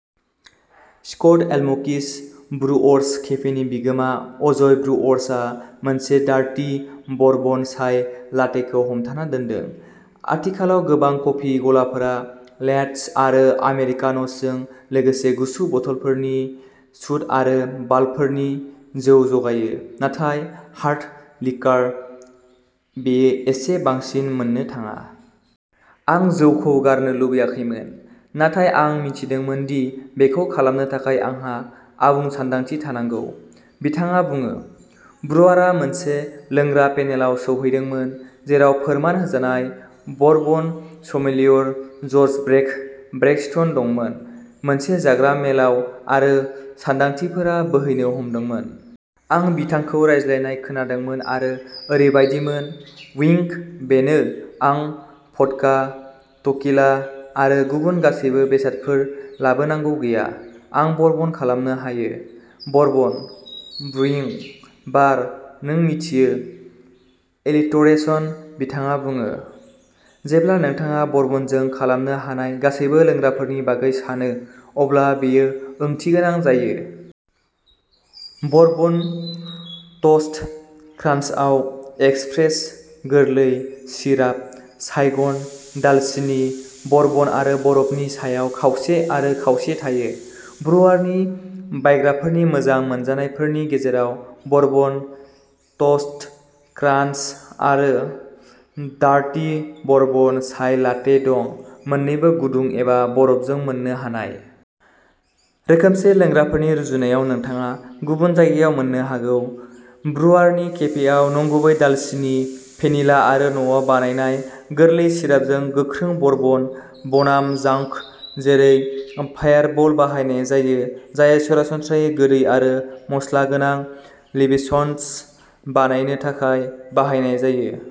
Scott Elmquist Brewers केफेनि बिगोमा अजय ब्रुअर्सआ मोनसे डार्टि बरबन चाइ लाटेखौ हमथाना दोनदों। आथिखालाव, गोबां कफि गलाफोरा लेट्स आरो आमेरिकान'सजों लोगोसे गुसु बथलफोरनि सुड आरो बाल्बफोरनि जौ जगायो। नाथाय हार्ड लिकार? बेयो एसे बांसिन मोननो थाङा। "आं जौखौ गारनो लुगैयाखैमोन, नाथाय आं मिथिदोंमोन दि बेखौ खालामनो थाखाय आंहा आबुं सानदांथि थानांगौ", बिथाङा बुङो। ब्रुआरआ मोनसे लोंग्रा पेनेलाव सौहैदोंमोन जेराव फोरमान होजानाय bourbon sommelier George "Brake" Braxton दंमोन मोनसे जाग्रा मेलाव आरो सानदांथिफोरा बोहैनो हमदोंमोन। "आं बिथांखौ रायज्लायनाय खोनादोंमोन आरो ओरैबायदिमोनः विंग': बेनो। आं भदका, टकीला आरो गुबुन गासैबो बेसादफोर लाबोनांगौ गैया। आं बरबन खालामनो हायो। बरबन। ब्रुइं। बार। नों मिथियो, एलितरेशन", बिथाङा बुङो। "जेब्ला नोंथाङा बरबनजों खालामनो हानाय गासैबो लोंग्राफोरनि बागै सानो, अब्ला बेयो ओंथिगोनां जायो। बरबन टस्ट क्रान्चआव एस्प्रेस', गोरलै सिराप, साइगन दालसिनि, बरबन आरो बरफनि सायाव खावसे आरो खावसे थायो। ब्रुआरनि बायग्राफोरनि मोजां मोनजानायफोरनि गेजेराव बरबन टस्ट क्रान्च आरो डार्टि बरबन चाइ लाटे दं, मोननैबो गुदुं एबा बरफजों मोननो हानाय। रोखोमसे लोंग्राफोरनि रुजुनायाव नोंथाङा गुबुन जायगायाव मोननो हागौ, ब्रुआरनि केफेआव नंगुबै दालसिनि, भेनिला आरो न'आव बानायनाय गोरलै सिरापजों गोख्रों बरबन बनाम जांक जेरै फायारबल बाहायनाय जायो, जाय सरासनस्रायै गोदै आरो मसलागोनां लिबेशन्स बानायनो थाखाय बाहायनाय जायो।